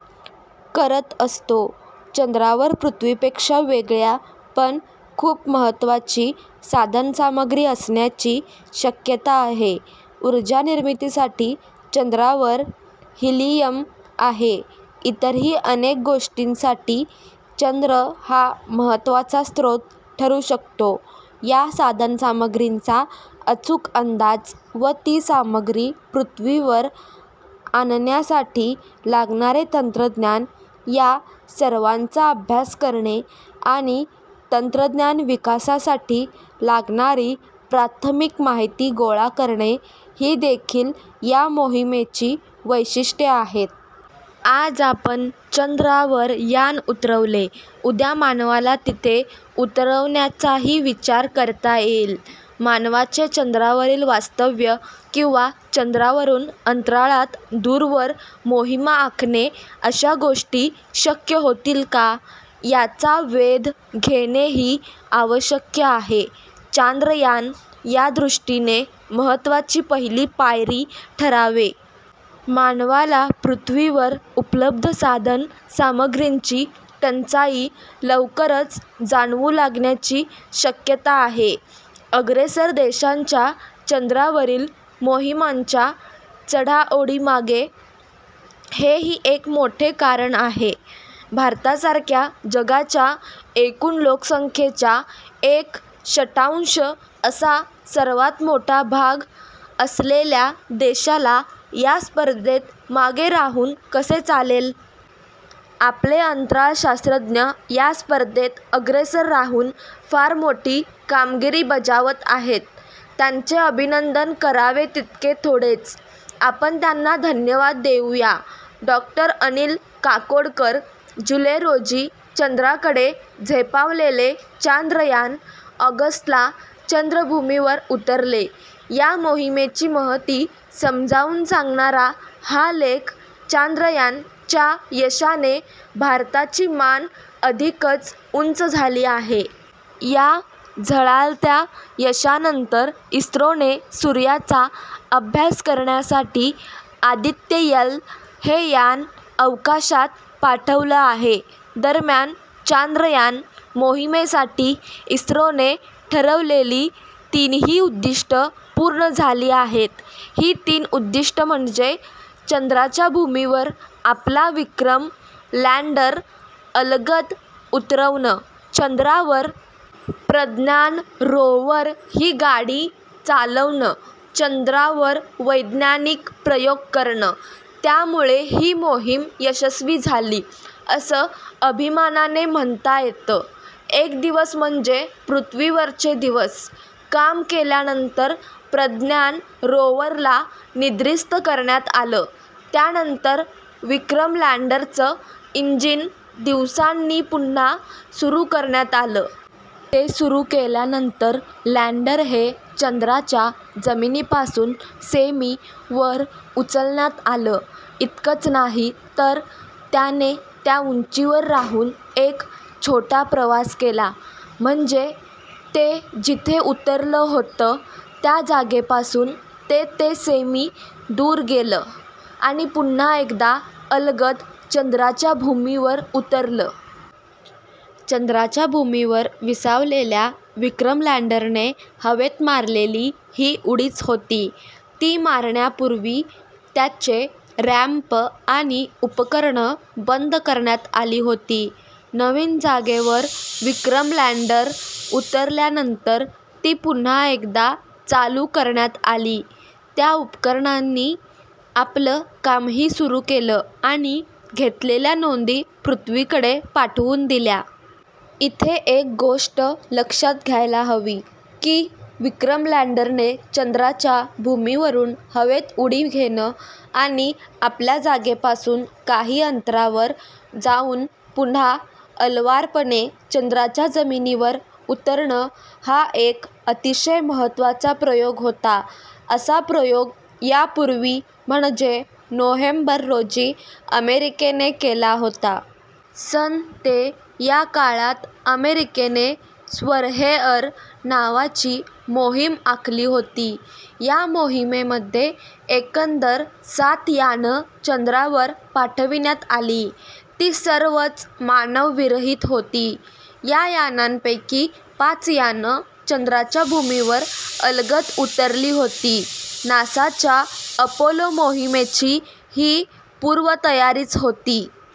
करत असतो. चंद्रावर पृथ्वीपेक्षा वेगळ्या, पण खूप महत्त्वाची साधनसामग्री असण्याची शक्यताआहे. ऊर्जा-निर्मितीसाठी चंद्रावर हीलियम- आहे. इतरही अनेक गोष्टींसाठी चंद्र हा महत्त्वाचा स्रोत ठरू शकतो. या साधनसामग्रींचा अचूक अंदाज व ती सामग्री पृथ्वीवर आणण्यासाठीलागणारे तंत्रज्ञान या सर्वांचा अभ्यास करणे आणि तंत्रज्ञानविकासासाठी लागणारी प्राथमिक माहिती गोळा करणे, ही देखील या मोहिमेची वैशिष्ट्येआहेत. आज आपण चंद्रावरयान उतरवले. उद्या मानवाला तिथे उतरवण्याचाही विचार करता येईल. मानवाचे चंद्रावरील वास्तव्य किंवा चंद्रावरून अंतराळात दूरवर मोहिमा आखणे अशा गोष्टी शक्यहोतील का, याचा वेधघेणेही आवश्यक आहे. 'चांद्रयान- ' यादृष्टीने महत्त्वाची पहिली पायरी ठरावे. मानवाला पृथ्वीवर उपलब्धसाधन सामग्रींची टंचाई लवकरच जाणवू लागण्याची शक्यता आहे. अग्रेसर देशांच्या चंद्रावरील मोहिमांच्या चढाओढींमागे हेही एक मोठे कारण आहे. भारतासारख्या, जगाच्या एकूण लोकसंख्येच्या एक षष्ठांश असा सर्वांत मोठा भाग असलेल्यादेशाला या स्पर्धेत मागे राहून कसे चालेल? आपले अंतराळ शास्त्रज्ञ यास्पर्धेत अग्रेसर राहून फार मोठी कामगिरी बजावत आहेत. त्यांचे अभिनंदन करावे तितके थोडेच. आपण त्यांना धन्यवाद देऊया! -डॉ. अनिल काकोडकर जुलै रोजी चंद्राकडे झेपावलेले 'चांद्रयान- ' ऑगस्टला चंद्रभूमीवर उतरले. या मोहिमेची महती समजावून सांगणारा हा लेख- 'चांद्रयान- 'च्या यशाने भारताची मान अधिकच उंच झाली आहे. या झळाळत्या यशानंतर इस्रोने सूर्याचा अभ्यासकरण्यासाठी 'आदित्य-एल ' हे यान अवकाशात पाठवलं आहे. दरम्यान, चांद्रयान- मोहिमेसाठी इस्रोने ठरवलेली तीनही उद्दिष्टं पूर्ण झाली आहेत. ही तीन उद्दिष्टं म्हणजे -.चंद्राच्या भूमीवर आपला विक्रम लँडर अलगद उतरवणं;.चंद्रावर प्रज्ञान रोव्हर ही गाडी चालवणं;.चंद्रावर वैज्ञानिक प्रयोग करणं; त्यामुळे ही मोहीम यशस्वी झाली, असं अभिमानाने म्हणता येतं. एक दिवस म्हणजे पृथ्वीवरचे दिवस, काम केल्यानंतर प्रज्ञान रोव्हरला 'निद्रिस्त' करण्यात आलं. त्यानंतर विक्रम लँडरचं इंजिन दिवसांनीपुन्हा सुरू करण्यात आलं. ते सुरू केल्यानंतर लँडर हे चंद्राच्या जमिनीपासून सेंमी वर उचलण्यात आलं. इतकंच नाही, तर त्याने त्या उंचीवर राहून एक छोटाप्रवास केला. म्हणजे ते जिथे उतरलं होतं, त्या जागेपासून ते ते सेंमी दूर गेलं आणिपुन्हा एकदा अलगद चंद्राच्या भूमीवर उतरलं. चंद्राच्या भूमीवर विसावलेल्या विक्रमलँडरने हवेत मारलेली ही उडीच होती. ती मारण्यापूर्वीत्याचे रॅम्प आणि उपकरणं बंद करण्यात आली होती. नवीन जागेवर विक्रम लँडरउतरल्यानंतर ती पुन्हा एकदा चालू करण्यात आली. त्या उपकरणांनी आपलं कामही सुरू केलंआणि घेतलेल्या नोंदी पृथ्वीकडे पाठवून दिल्या. इथे एक गोष्ट लक्षात घ्यायला हवी, की विक्रमलँडरने चंद्राच्या भूमीवरून हवेत उडी घेणं आणि आपल्याजागेपासून काही अंतरावर जाऊन पुन्हा अलवारपणे चंद्राच्या जमिनीवर उतरणंहा एक अतिशय महत्त्वाचा प्रयोग होता. असा प्रयोग यापूर्वी, म्हणजे नोव्हेंबर रोजी, अमेरिकेने केला होता. सन ते या काळात अमेरिकेने 'स्वर्हेअर' नावाची मोहीम आखली होती. या मोहिमेमध्ये एकंदर सात यानं चंद्रावर पाठविण्यात आली. ती सर्वच मानवविरहित होती. या यानांपैकी पाच यानं चंद्राच्या भूमीवर अलगद उतरली होती. नासाच्या 'अपोलो' मोहिमेची ही पूर्वतयारीच होती!